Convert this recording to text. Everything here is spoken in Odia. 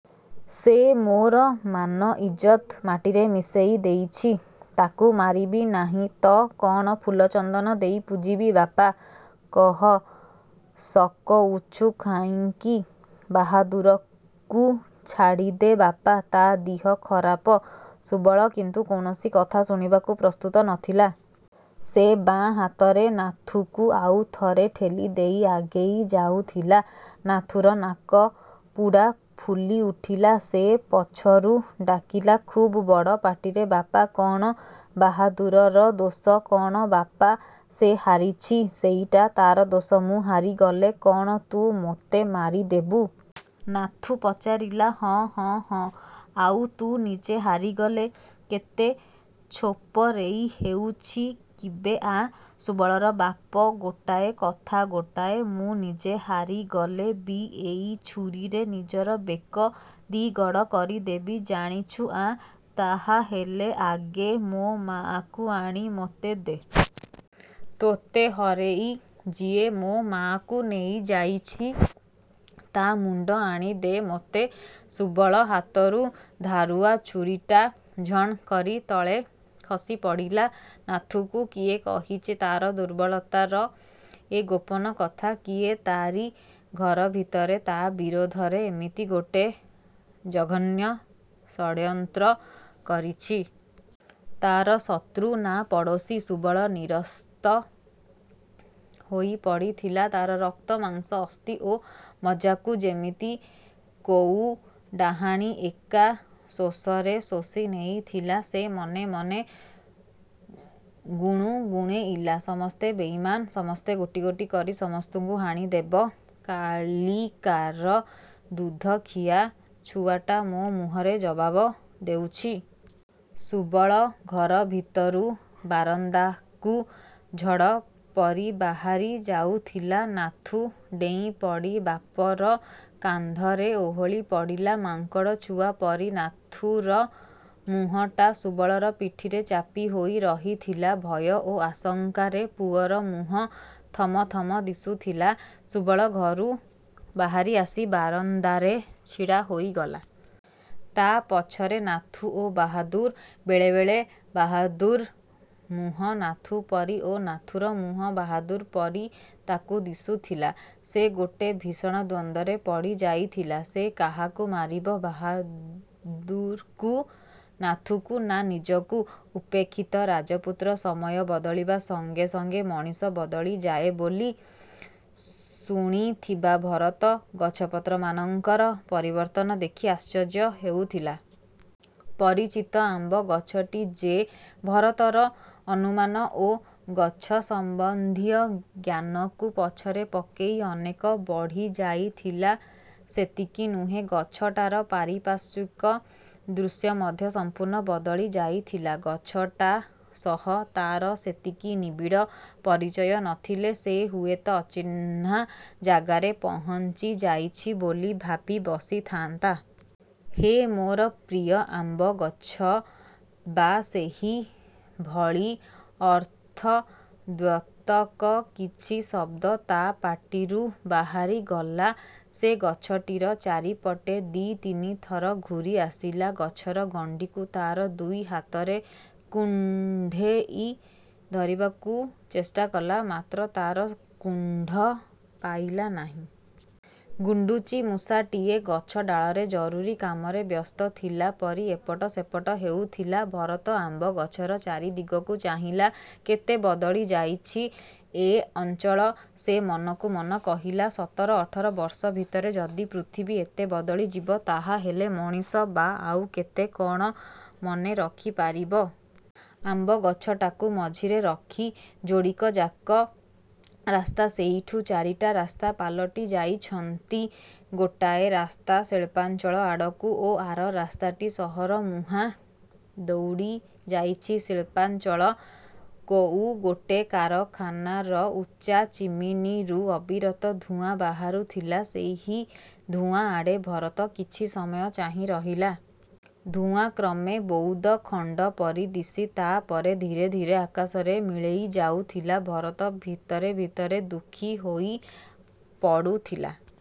"ସେ ମୋର ମାନ ଇଜ୍ଜତ ମାଟିରେ ମିଶେଇ ଦେଇଛି। ତାକୁ ମାରିବି ନାହିଁ ତ କଣ ଫୁଲ ଚନ୍ଦନ ଦେଇ ପୂଜିବି?" "ବାପା!" "କହ। ସକଉଛୁ କାହିଁକି?" "ବାହାଦୁରକୁ ଛାଡ଼ିଦେ ବାପା। ତା ଦିହ ଖରାପ।" ସୁବଳ କିନ୍ତୁ କୌଣସି କଥା ଶୁଣିବାକୁ ପ୍ରସ୍ତୁତ ନଥିଲା। ସେ ବାଁ ହାତରେ ନାଥୁକୁ ଆଉ ଥରେ ଠେଲିଦେଇ ଆଗେଇ ଯାଉଥିଲା। ନାଥୁର ନାକପୁଡ଼ା ଫୁଲି ଉଠିଲା। ସେ ପଛରୁ ଡାକିଲା, ଖୁବ୍ ବଡ଼ ପାଟିରେ, "ବାପା!" "କଣ?" "ବାହାଦୁରର ଦୋଷ କଣ ବାପା?" "ସେ ହାରିଛି। ସେଇଟା ତାର ଦୋଷ।" "ମୁଁ ହାରିଗଲେ କଣ ତୁ ମୋତେ ମାରିଦେବୁ?" ନାଥୁ ପଚାରିଲା। "ହଁ, ହଁ, ହଁ।" "ଆଉ ତୁ ନିଜେ ହାରିଗଲେ?" "କେତେ ଛୋପରେଇ ହେଉଛି କିବେ, ଆଁ!" ସୁବଳର ବାପ ଗୋଟାଏ, କଥା ଗୋଟାଏ। "ମୁଁ ନିଜେ ହାରିଗଲେ ବି ଏଇ ଛୁରୀରେ ନିଜର ବେକ ଦିଗଡ଼ କରିଦେବି। ଜାଣିଛୁ, ଆଁ!" "ତାହାହେଲେ ଆଗେ ମୋ ମାଆକୁ ଆଣି ମୋତେ ଦେ। ତୋତେ ହରେଇ ଯିଏ ମୋ ମାଆକୁ ନେଇଯାଇଛି ତା ମୁଣ୍ଡ ଆଣି ଦେ ମୋତେ" ସୁବଳ ହାତରୁ ଧାରୁଆ ଛୁରୀଟା ଝଣ୍ କରି ତଳେ ଖସିପଡ଼ିଲା। ନାଥୁକୁ କିଏ କହିଛି ତାର ଦୁର୍ବଳତାର ଏ ଗୋପନ କଥା? କିଏ ତାରି ଘର ଭିତରେ ତା ବିରୋଧରେ ଏମିତି ଗୋଟେ ଜଘନ୍ୟ ଷଡ୍ଯନ୍ତ୍ର କରିଛି? ତାର ଶତ୍ରୁ ନା ପଡ଼ୋଶୀ? ସୁବଳ ନିରସ୍ତ ହୋଇପଡ଼ିଥିଲା। ତାର ରକ୍ତ, ମାଂସ, ଅସ୍ଥି ଓ ମଜ୍ଜାକୁ ଯେମିତି କୋଉ ଡାଆଣୀ ଏକା ଶୋଷରେ ଶୋଷି ନେଇଥିଲା। ସେ ମନେ ମନେ ଗୁଣୁଗୁଣେଇଲା, 'ସମସ୍ତେ ବେଇମାନ୍। ସମସ୍ତେ। ଗୋଟି ଗୋଟି କରି ସମସ୍ତଙ୍କୁ ହାଣିଦେବ। କାଲିକାର ଦୁଧଖିଆ ଛୁଆଟା ମୋ ମୁହଁରେ ଜବାବ ଦେଉଛି!' ସୁବଳ ଘର ଭିତରୁ ବାରନ୍ଦାକୁ ଝଡ଼ ପରି ବାହାରି ଯାଉଥିଲା। ନାଥୁ ଡେଇଁପଡ଼ି ବାପର କାନ୍ଧରେ ଓହଳିପଡ଼ିଲା ମାଙ୍କଡ଼ ଛୁଆ ପରି। ନାଥୁର ମୁହଁଟା ସୁବଳର ପିଠିରେ ଚାପି ହୋଇ ରହିଥିଲା। ଭୟ ଓ ଆଶଙ୍କାରେ ପୁଅର ମୁହଁ ଥମଥମ ଦିଶୁଥିଲା। ସୁବଳ ଘରୁ ବାହାରି ଆସି ବାରନ୍ଦାରେ ଛିଡ଼ା ହୋଇଗଲା। ତା ପଛରେ ନାଥୁ ଓ ବାହାଦୁର୍। ବେଳେବେଳେ ବାହାଦୁର୍ ର ମୁହଁ ନାଥୁ ପରି ଓ ନାଥୁର ମୁହଁ ବାହାଦୁର୍ ପରି ତାକୁ ଦିଶୁଥିଲା। ସେ ଗୋଟେ ଭୀଷଣ ଦ୍ୱନ୍ଦ୍ୱରେ ପଡ଼ିଯାଇଥିଲା। ସେ କାହାକୁ ମାରିବ? ବାହାଦୁର୍ କୁ? ନାଥୁକୁ? ନା ନିଜକୁ? ଉପେକ୍ଷିତ ରାଜପୁତ୍ର ସମୟ ବଦଳିବା ସଙ୍ଗେ ସଙ୍ଗେ ମଣିଷ ବଦଳିଯାଏ ବୋଲି ଶୁଣିଥିବା ଭରତ ଗଛପତ୍ରମାନଙ୍କର ପରିବର୍ତ୍ତନ ଦେଖି ଆଶ୍ଚର୍ଯ୍ୟ ହେଉଥିଲା। ପରିଚିତ ଆମ୍ବ ଗଛଟି ଯେ ଭରତର ଅନୁମାନ ଓ ଗଛ ସମ୍ବନ୍ଧୀୟ ଜ୍ଞାନକୁ ପଛରେ ପକେଇ ଅନେକ ବଢ଼ିଯାଇଥିଲା ସେତିକି ନୁହେଁ, ଗଛଟାର ପାରିପାର୍ଶ୍ୱିକ ଦୃଶ୍ୟ ମଧ୍ୟ ସଂପୂର୍ଣ୍ଣ ବଦଳି ଯାଇଥିଲା। ଗଛଟା ସହ ତାର ସେତିକି ନିବିଡ଼ ପରିଚୟ ନଥିଲେ ସେ ହୁଏତ ଅଚିହ୍ନା ଜାଗାରେ ପହଞ୍ଚିଯାଇଛି ବୋଲି ଭାବିବସିଥାନ୍ତା। 'ହେ ମୋର ପ୍ରିୟ ଆମ୍ବଗଛ' ବା ସେହିଭଳି ଅର୍ଥଦ୍ୟୋତକ କିଛି ଶବ୍ଦ ତା ପାଟିରୁ ବାହାରିଗଲା। ସେ ଗଛଟିର ଚାରିପଟେ ଦି ତିନିଥର ଘୂରି ଆସିଲା, ଗଛର ଗଣ୍ଡିକୁ ତାର ଦୁଇ ହାତରେ କୁଣ୍ଢେଇ ଧରିବାକୁ ଚେଷ୍ଟା କଲା, ମାତ୍ର ତାର କୁଣ୍ଢ ପାଇଲା ନାହିଁ। ଗୁଣ୍ଡୁଚିମୂଷାଟିଏ ଗଛ ଡାଳରେ ଜରୁରୀ କାମରେ ବ୍ୟସ୍ତ ଥିଲା ପରି ଏପଟ ସେପଟ ହେଉଥିଲା। ଭରତ ଆମ୍ବଗଛର ଚାରିଦିଗକୁ ଚାହିଁଲା। କେତେ ବଦଳିଯାଇଛି ଏ ଅଞ୍ଚଳ ସେ ମନକୁ ମନ କହିଲା। ସତର-ଅଠର ବର୍ଷ ଭିତରେ ଯଦି ପୃଥିବୀ ଏତେ ବଦଳିଯିବ ତାହାହେଲେ ମଣିଷ ବା ଆଉ କେତେ କଣ ମନେ ରଖିପାରିବ? ଆମ୍ବଗଛଟାକୁ ମଝିରେ ରଖି ଯୋଡ଼ିକଯାକ ରାସ୍ତା ସେଇଠୁ ଚାରିଟା ରାସ୍ତା ପାଲଟି ଯାଇଛନ୍ତି। ଗୋଟାଏ ରାସ୍ତା ଶିଳ୍ପାଞ୍ଚଳ ଆଡ଼କୁ ଓ ଆର ରାସ୍ତାଟି ସହରମୁହାଁ ଦଉଡ଼ି ଯାଇଛି। ଶିଳ୍ପାଞ୍ଚଳ କୋଉ ଗୋଟେ କାରଖାନାର ଉଚ୍ଚା ଚିମିନୀରୁ ଅବିରତ ଧୂଆଁ ବାହାରୁଥିଲା। ସେହି ଧୂଆଁ ଆଡ଼େ ଭରତ କିଛି ସମୟ ଚାହିଁ ରହିଲା। ଧୂଆଁ କ୍ରମେ ବଉଦଖଣ୍ଡ ପରି ଦିଶି ତାପରେ ଧୀରେ ଧୀରେ ଆକାଶରେ ମିଳେଇ ଯାଉଥିଲା। ଭରତ ଭିତରେ ଭିତରେ ଦୁଃଖୀ ହୋଇପଡ଼ୁଥିଲା।